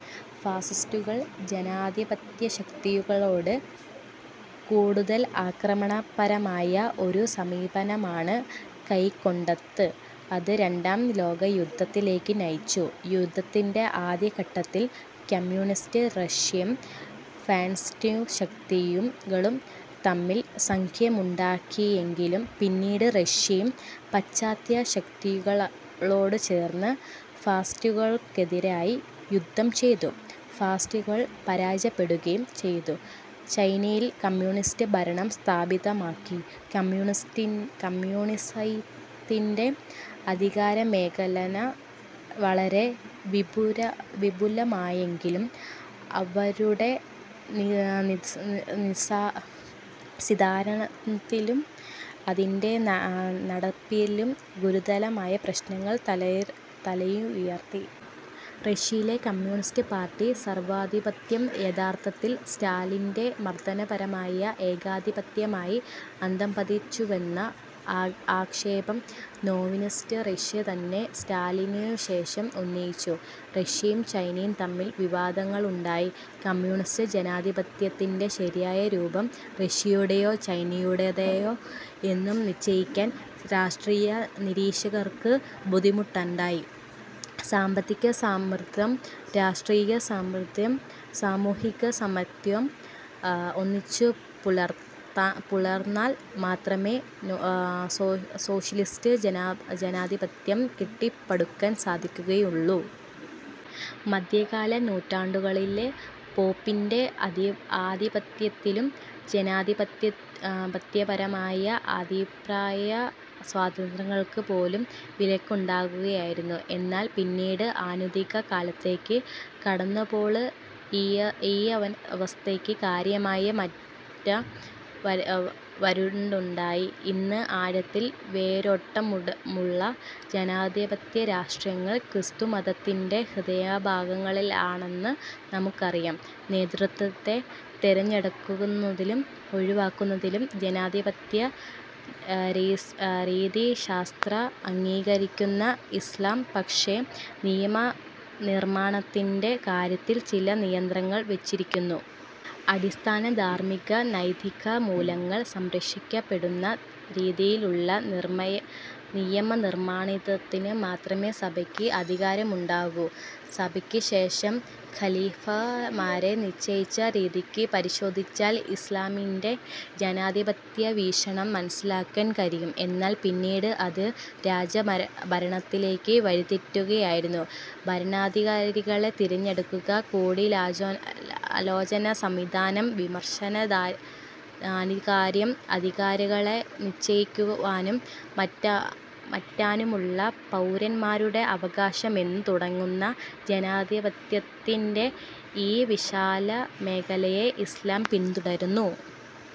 ഫാസിസ്റ്റുകൾ ജനാധിപത്യശക്തികളോടു കൂടുതൽ ആക്രമണപരമായ ഒരു സമീപനമാണു കൈക്കൊണ്ടത്. അത് രണ്ടാം ലോകയുദ്ധത്തിലേക്കു നയിച്ചു. യുദ്ധത്തിന്റെ ആദ്യഘട്ടത്തിൽ കമ്മ്യൂണിസ്റ്റ് റഷ്യയും ഫാസിസ്റ്റുശക്തികളും തമ്മിൽ സഖ്യമുണ്ടാക്കിയെങ്കിലും, പിന്നീട് റഷ്യയും പാശ്ചാത്യശക്തികളോടുചേർന്ന് ഫാസിസ്റ്റുകൾക്കെതിരായി യുദ്ധം ചെയ്തു. ഫാസിസ്റ്റുകൾ പരാജയപ്പെടുകയും ചെയ്തു. ചൈനയിൽ കമ്മ്യൂണിസ്റ്റ് ഭരണം സ്ഥാപിതമായി. കമ്മ്യൂണിസത്തിന്റെ അധികാരമേഖല വളരെ വിപുലമായെങ്കിലും, അവരുടെ സിദ്ധാന്തത്തിലും അതിന്റെ നടത്തിപ്പിലും ഗുരുതരമായ പ്രശ്നങ്ങൾ തലയുയർത്തി. റഷ്യയിലെ കമ്മ്യൂണിസ്റ്റ് പാർട്ടി സർവ്വാധിപത്യം യഥാർത്ഥത്തിൽ സ്റ്റാലിന്റെ മർദ്ദനപർമായ ഏകാധിപത്യമായി അധഃപതിച്ചുവെന്ന ആക്ഷേപം സോവിയറ്റ് റഷ്യതന്നെ സ്റ്റാലിന്നുശേഷം ഉന്നയിച്ചു. റഷ്യയും ചൈനയും തമ്മിൽ വിവാദങ്ങളുണ്ടായി. കമ്മ്യൂണിസ്റ്റ് ജനാധിപത്യത്തിന്റെ ശരിയായ രൂപം റഷ്യയുടേയോ, ചൈനയുടേതോ എന്നു നിശ്ചയിക്കാൻ രാഷ്ട്രീയ നിരിക്ഷകർക്കു ബുദ്ധിമുട്ടായി. സാമ്പത്തികസമത്വവും, രാഷ്ട്രീയസമത്വവും, സാമൂഹിക സമത്വവും ഒന്നിച്ചുപുലർന്നാൽ മാത്രമെ സോഷ്യലിസ്റ്റ് ജനാധിപത്യം കെട്ടിപ്പടുക്കാൻ സാധിക്കുകയുള്ളൂ. മദ്ധ്യകാല നൂറ്റാണ്ടുകളില് പോപ്പിന്റെ ആധിപത്യത്തിലും ജനാധിപത്യപരമായ അഭിപ്രായ സ്വാതന്ത്ര്യങ്ങൾക്കു പോലും വിലക്കുകളുണ്ടായിരുന്നു. എന്നാൽ പിന്നീട് ആധുനിക കാലത്തേക്ക് കടന്നപ്പോള് ഈയവസ്ഥക്ക് കാര്യമായ മാറ്റം വരുകയുണ്ടായി. ഇന്ന് ആഴത്തിൽ വേരോട്ടമുള്ള ജനാധിപത്യ രാഷ്ട്രങ്ങൾ ക്രിസ്തുമതത്തിന്റെ ഹൃദയഭാഗങ്ങളിലാണെന്ന് നമുക്കറിയാം. നേതൃത്വത്തെ തെരഞ്ഞെടുക്കുന്നതിലും ഒഴിവാക്കുന്നതിലും ജനാധിപത്യ രീതിശാസ്ത്രത്തെ അംഗീകരിക്കുന്ന ഇസ്ലാം, പക്ഷെ നിയമനിർമ്മാണത്തിന്റെ കാര്യത്തിൽ ചില നിയന്ത്രണങ്ങൾ വെച്ചിരിക്കുന്നു. അടിസ്ഥാന ധാർമിക-നൈതിക മൂല്യങ്ങൾ സംരക്ഷിക്കപ്പെടുന്ന രീതിയിലുള്ള നിയമനിർമ്മാണത്തിന് മാത്രമേ സഭക്ക് അധികാരമുണ്ടാകൂ. നബിക്ക് ശേഷം ഖലീഫമാരെ നിശ്ചയിച്ച രീതികൾ പരിശോധിച്ചാൽ ഇസ്ലാമിന്റെ ജനാധിപത്യ വീക്ഷണം മനസ്സിലാക്കാൻ കഴിയും. എന്നാൽ പിന്നീട് അത് രാജഭരണത്തിലേക്ക് വഴിതെറ്റുകയായിരുന്നു. ഭരണാധികാരികളെ തിരഞ്ഞടുക്കുക, കൂടിയാലോചന സംവിധാനം, വിമർശനാധികാര്യം, അധികാരികളെ നിശ്ചയിക്കുവാനും മാറ്റാനുമുള്ള പൗരൻമാരുടെ അവകാശം എന്നു തുടങ്ങുന്ന ജനാധിപത്യത്തിൻറെ ഈ വിശാല മേഖലയെ ഇസ്ലാം പിന്തുണക്കുന്നു.